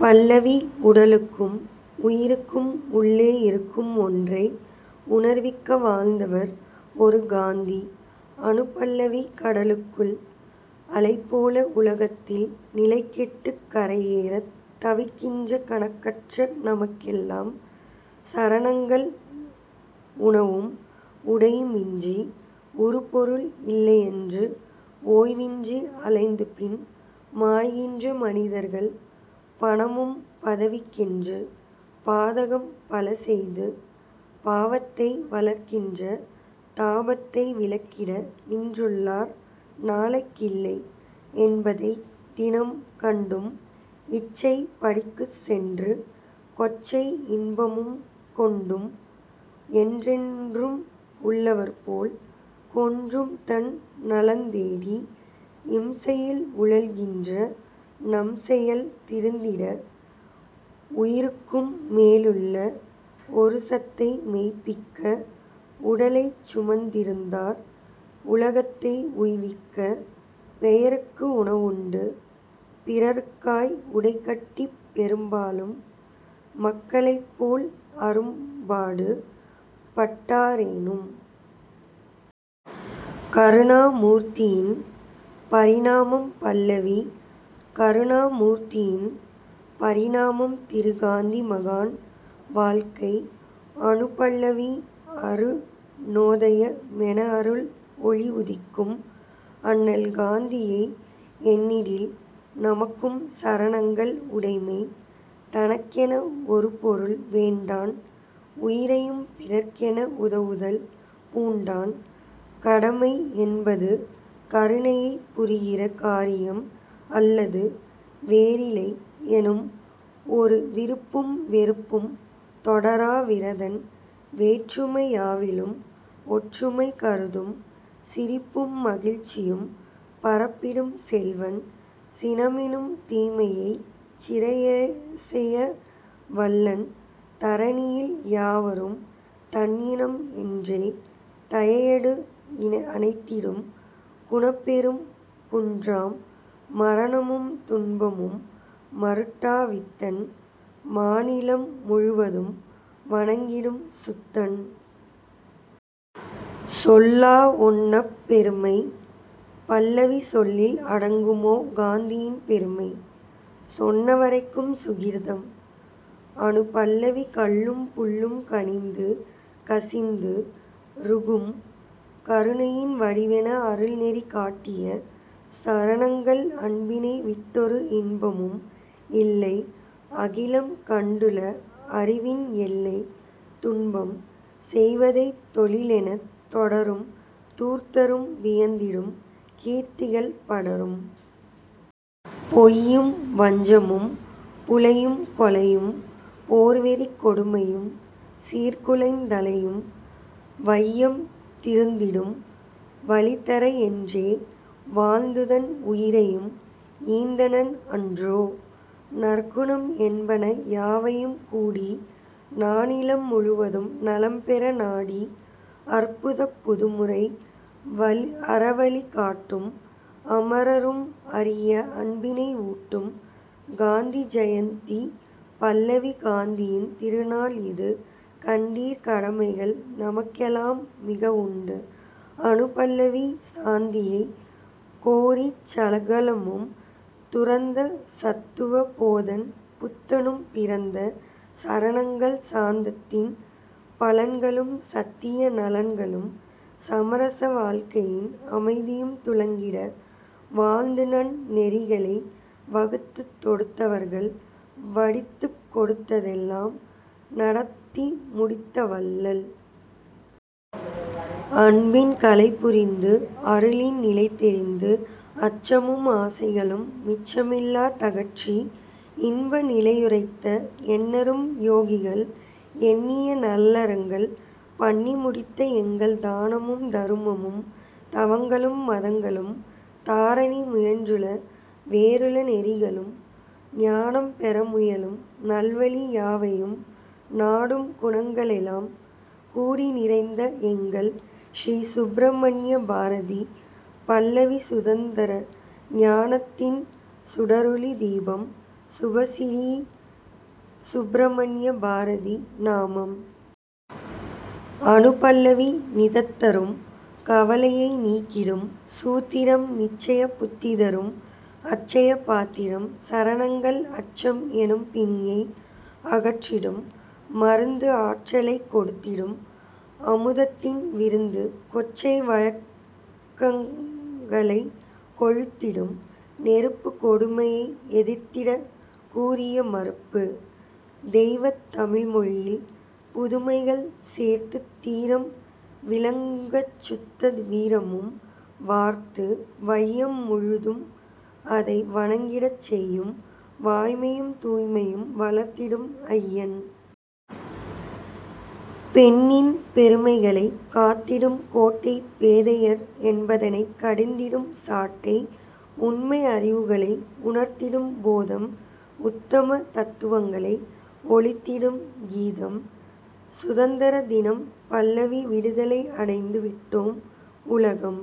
பல்லவி உடலுக்கும் உயிருக்கும் உள்ளே இருக்கும் ஒன்றை உணர்விக்க வாழ்ந்தவர் ஒரு காந்தி அநுபல்லவி கடலுக்குள் அலைபோல உலகத்தில் நிலைகெட்டுக் கரையேறத் தவிக்கின்ற கணக்கற்ற நமக்கெல்லாம் சரணங்கள் உணவும் உடையுமின்றி உறுபொருள் இல்லையென்று ஓய்வின்றி அலைந்துபின் மாய்கின்ற மனிதர்கள் பணமும் பதவிக்கென்று பாதகம் பலசெய்து பாவத்தை வளர்க்கின்ற தாபத்தை விலக்கிட இன்றுள்ளார் நாளைக்கில்லை என்பதைத் தினம்கண்டும் இச்சைப் படிக்குச்சென்று கொச்சை யின்பமும்கொண்டும் என்றென்றும் உள்ளவர்போல் கொன்றும்தன் நலந்தேடி இம்சையில் உழல்கின்ற நம்செயல் திருந்திட உயிருக்கும் மேலுள்ள ஒருசத்தை மெய்ப்பிக்க உடலைச் சுமந்திருந்தார் உலகத்தை உய்விக்க பெயருக்கு உணவுண்டு பிறருக்காய் உடைகட்டிப் பெரும்பாலும் மக்களைப்போல் அரும்பாடு பட்டாரேனும். கருணாமூர்த்தியின் பரிணாமம் பல்லவி கருணா மூர்த்தியின் பரிணாமம் திரு காந்தி மகான் வாழ்க்கை அநுபல்லவி அருணோதய மெனஅருள் ஒளி உதிக்கும் அண்ணல் காந்தியை எண்ணிடில் நமக்கும் சரணங்கள் உடைமை தனக்கென ஒருபொருள் வேண்டான் உயிரையும் பிறர்க்கென உதவுதல் பூண்டான் கடமை என்பது கருணையைப் புரிகிற காரியம் அல்லது வேறிலை எனும்ஒரு விருப்பும் வெறுப்பும் தொடரா விரதன் வேற்றுமை யாவிலும் ஒற்றுமை கருதும் சிரிப்பும் மகிழ்ச்சியும் பரப்பிடும் செல்வன் சினமெனும் தீமையைச் சிறைசெய வல்லன் தரணியில் யாவரும் தன்இனம் என்றே தயையடு அணைத்திடும் குணப்பெரும் குன்றாம் மரணமும் துன்பமும் மருட்டா வித்தன் மாநிலம் முழுவதும் வணங்கிடும் சுத்தன்.. சொல்லவொண்ணாப் பெருமை பல்லவி சொல்லில் அடங்குமோ காந்தியின் பெருமை? சொன்ன வரைக்கும் சுகிர்தம்? அநுபல்லவி கல்லும் புல்லும் கனிந்து கசிந்து ருகும் கருணையின் வடிவென அருள்நெறி காட்டிய சரணங்கள் அன்பினை விட்டொரு இன்பமும் இல்லை அகிலம் கண்டுள அறிவின் எல்லை துன்பம் செய்வதைத் தொழிலெனத் தொடரும் தூர்த்தரும் வியந்திடும் கீர்த்திகள் படரும். பொய்யும் வஞ்சமும் புலையும் கொலையும் போர்வெறிக் கொடுமையும் சீர்குலைந் தலையும் வையம் திருந்திடும் வழிதர என்றே வாழ்ந்துதன் உயிரையும் ஈந்தனன் அன்றோ! நற்குணம் என்பன யாவையும் கூடி நானிலம் முழுவதும் நலம்பெற நாடி அற்புதப் புதுமுறை வலிஅறவழி காட்டும் அமரரும் அறிய அன்பினை ஊட்டும்.. காந்தி ஜயந்தி பல்லவி காந்தியின் திருநாள் இது கண்டீர் கடமைகள் நமக்கெலாம் மிகஉண்டு அநுபல்லவி சாந்தியைக் கோரிச் சகலமும் துறந்த சத்துவ போதன் புத்தனும் பிறந்த சரணங்கள் சாந்தத்தின் பலன்களும் சத்திய நலன்களும் சமரச வாழ்க்கையின் அமைதியும் துலங்கிட வாழ்ந்துநன் னெறிகளை வகுத்துத் தொடுத்தவர்கள் வடித்துக் கொடுத்ததெல்லாம் நடத்தி முடித்த வள்ளல். அன்பின் கலைபுரிந்து அருளின் நிலைதெரிந்து அச்சமும் ஆசைகளும் மிச்சமில்லா தகற்றி இன்ப நிலையுரைத்த எண்ணரும் யோகிகள் எண்ணிய நல்லறங்கள் பண்ணிமுடித்த எங்கள் தானமும் தருமமும் தவங்களும் மதங்களும் தாரணி முயன்றுள வேறுள நெறிகளும் ஞானம் பெறமுயலும் நல்வழி யாவையும் நாடும் குணங்களெல்லாம் கூடிநிறைந்த எங்கள். ஸ்ரீ சுப்பிரமண்ய பாரதி பல்லவி சுதந்தர ஞானத்தின் சுடரொளி தீபம் சுபசிறீ சுப்பிரமண்ய பாரதி நாமம். அநுபல்லவி நிதந்தரும் கவலையை நீக்கிடும் சூத்திரம் நிச்சய புத்திதரும் அட்சய பாத்திரம் சரணங்கள் அச்சம் எனும்பிணியை அகற்றிடும் மருந்து ஆற்றலைக் கொடுத்திடும் அமுதத்தின் விருந்து கொச்சை வழக்கங்களைக் கொளுத்திடும் நெருப்பு கொடுமையை எதிர்த்திடக் கூரிய மறுப்பு! தெய்வத் தமிழ்மொழியில் புதுமைகள் சேர்த்துத் தீரம் விளங்கச்சுத்த வீரமும் வார்த்து வையம் முழுதும்அதை வணங்கிடச் செய்யும் வாய்மையும் தூய்மையும் வளர்த்திடும் ஐயன்! பெண்ணின் பெருமைகளைக் காத்திடும் கோட்டை பேதையர் என்பதனைக் கடிந்திடும் சாட்டை உண்மை அறிவுகளை உணர்த்திடும் போதம் உத்தம தத்துவங்களை ஒலித்திடும் கீதம்!. சுதந்தர தினம் பல்லவி விடுதலை அடைந்து விட்டோம்--உலகம்